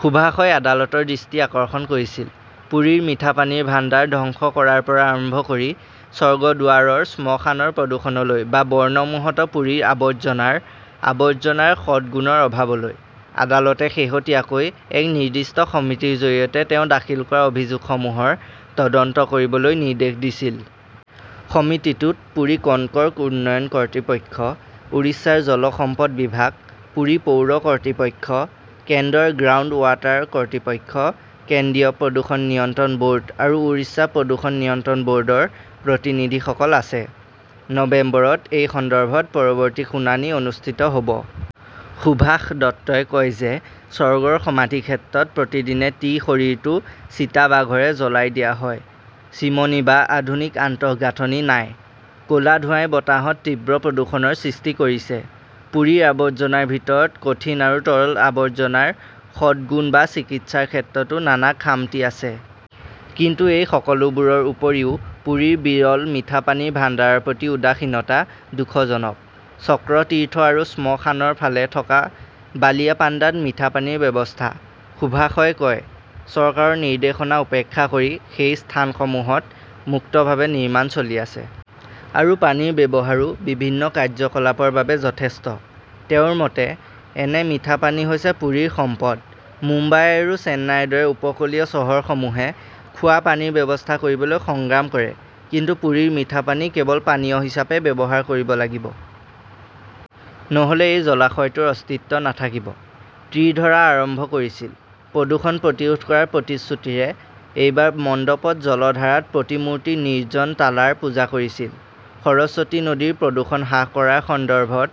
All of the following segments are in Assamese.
সুভাষই আদালতৰ দৃষ্টি আকৰ্ষণ কৰিছিল পুৰীৰ মিঠা পানীৰ ভাণ্ডাৰ ধ্বংস কৰাৰ পৰা আৰম্ভ কৰি স্বৰ্গ দুৱাৰৰ শ্মশানৰ প্ৰদূষণলৈ বা বৰ্ণমোহত পুৰীৰ আৱৰ্জনাৰ আৱৰ্জনাৰ সদ্গুণৰ অভাৱলৈ। আদালতে শেহতীয়াকৈ এক নিৰ্দিষ্ট সমিতিৰ জৰিয়তে তেওঁ দাখিল কৰা অভিযোগসমূহৰ তদন্ত কৰিবলৈ নিৰ্দেশ দিছিল। সমিতিটোত পুৰী কনকৰ্ক উন্নয়ন কৰ্তৃপক্ষ, উৰিষ্যাৰ জল সম্পদ বিভাগ, পুৰী পৌৰ কৰ্তৃপক্ষ, কেন্দ্ৰৰ গ্ৰাউণ্ড ৱাটাৰ কৰ্তৃপক্ষ, কেন্দ্ৰীয় প্ৰদূষণ নিয়ন্ত্ৰণ ব "ৰ্ড আৰু উৰিষ্যা প্ৰদূষণ নিয়ন্ত্ৰণ ব" ৰ্ডৰ প্ৰতিনিধিসকল আছে। নৱেম্বৰত এই সন্দৰ্ভত পৰৱৰ্তী শুনানি অনুষ্ঠিত হ "ব। সুভাষ দত্তই কয় যে স্বৰ্গৰ সমাধিক্ষেত্ৰত প্ৰতিদিনে টি শৰীৰটো চিতাবাঘৰে জ্বলাই দিয়া হয়। চিমনী বা আধুনিক আন্তঃগাঁথনি নাই। ক 'লা ধোঁৱাই বতাহত তীব্ৰ প্ৰদূষণৰ সৃষ্টি কৰিছে। পুৰীৰ আৱৰ্জনাৰ ভিতৰত কঠিন আৰু তৰল আৱৰ্জনাৰ সদ্গুণ বা চিকিৎসাৰ ক্ষেত্ৰতো নানা খামতি আছে। কিন্তু এই সকলোবোৰৰ উপৰিও, পুৰীৰ বিৰল মিঠা পানীৰ ভাণ্ডাৰৰ প্ৰতি উদাসীনতা দুখজনক। চক্ৰতীৰ্থ আৰু শ্মশানৰ ফালে থকা বালিয়াপাণ্ডাত মিঠা পানীৰ ব্যৱস্থা। সুভাষই কয়, "চৰকাৰৰ নিৰ্দেশনা উপেক্ষা কৰি সেই স্থানসমূহত মুক্তভাৱে নিৰ্মাণ চলি আছে। আৰু পানীৰ ব্যৱহাৰো বিভিন্ন কাৰ্যকলাপৰ বাবে যথেষ্ট। "তেওঁৰ মতে", এনে মিঠা পানী হৈছে পুৰীৰ সম্পদ। মুম্বাই আৰু চেন্নাইৰ দৰে উপকূলীয় চহৰসমূহে খোৱা পানীৰ ব্যৱস্থা কৰিবলৈ সংগ্ৰাম কৰে। কিন্তু পুৰীৰ মিঠা পানী কেৱল পানীয় হিচাপে ব্যৱহাৰ কৰিব লাগিব। নহ "লে এই জলাশয়টোৰ অস্তিত্ব নাথাকিব। "। ত্ৰিধৰা আৰম্ভ কৰিছিল, প্ৰদূষণ প্ৰতিৰোধ কৰাৰ প্ৰতিশ্ৰুতিৰে এইবাৰ মণ্ডপত জলধাৰাত প্ৰতিমূৰ্তি নিৰ্জন টালাৰ পূজা কৰিছিল। সৰস্বতী নদীৰ প্ৰদূষণ হ্ৰাস কৰাৰ সন্দৰ্ভত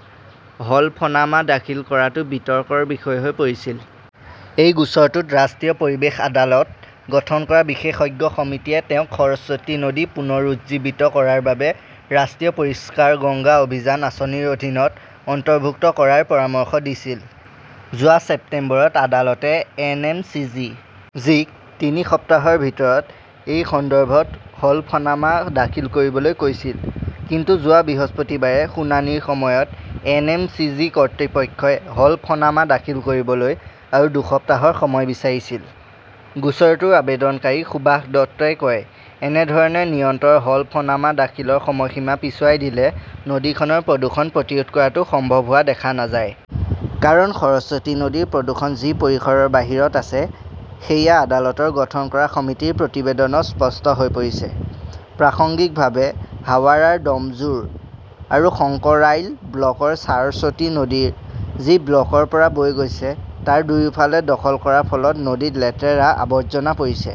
হলফনামা দাখিল কৰাটো বিতৰ্কৰ বিষয় হৈ পৰিছিল। এই গোচৰটোত ৰাষ্ট্ৰীয় পৰিৱেশ আদালত গঠন কৰা বিশেষজ্ঞ সমিতিয়ে তেওঁক সৰস্বতী নদী পুনৰুজ্জীৱিত কৰাৰ বাবে 'ৰাষ্ট্ৰীয় পৰিষ্কাৰ গংগা অভিযান " আঁচনিৰ অধীনত অন্তৰ্ভুক্ত কৰাৰ পৰামৰ্শ দিছিল। যোৱা ছেপ্টেম্বৰত আদালতে এন. এম. চি. জি. ক তিনি সপ্তাহৰ ভিতৰত এই সন্দৰ্ভত হলফনামা দাখিল কৰিবলৈ কৈছিল। কিন্তু যোৱা বৃহস্পতিবাৰে শুনানিৰ সময়ত এন. এম. চি. জি. কৰ্তৃপক্ষই হলফনামা দাখিল কৰিবলৈ আৰু দুসপ্তাহৰ সময় বিচাৰিছিল। গোচৰটোৰ আবেদনকাৰী সুভাষ দত্তই কয়, "এনে ধৰণে নিৰন্তৰ হলফনামা দাখিলৰ সময়সীমা পিছুৱাই দিলে নদীখনৰ প্ৰদূষণ প্ৰতিৰোধ কৰাটো সম্ভৱ হোৱা দেখা নাযায়। কাৰণ, সৰস্বতী নদীৰ প্ৰদূষণ যি পৰিসৰৰ বাহিৰত আছে সেয়া আদালতৰ গঠন কৰা সমিতিৰ প্ৰতিবেদনত স্পষ্ট হৈ পৰিছে। "প্ৰাসংগিকভাৱে, হাৱাৰাৰ ডমজুৰ আৰু শংকৰাইল ব্লকৰ চাৰস্বতী নদী যি ব্লকৰ পৰা বৈ গৈছে তাৰ দুয়োফালে দখল কৰাৰ ফলত নদীত লেতেৰা, আৱৰ্জনা পৰিছে।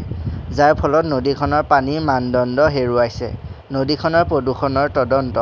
যাৰ ফলত নদীখনৰ পানীৰ মানদণ্ড হেৰুৱাইছে। নদীখনৰ প্ৰদূষণৰ তদন্ত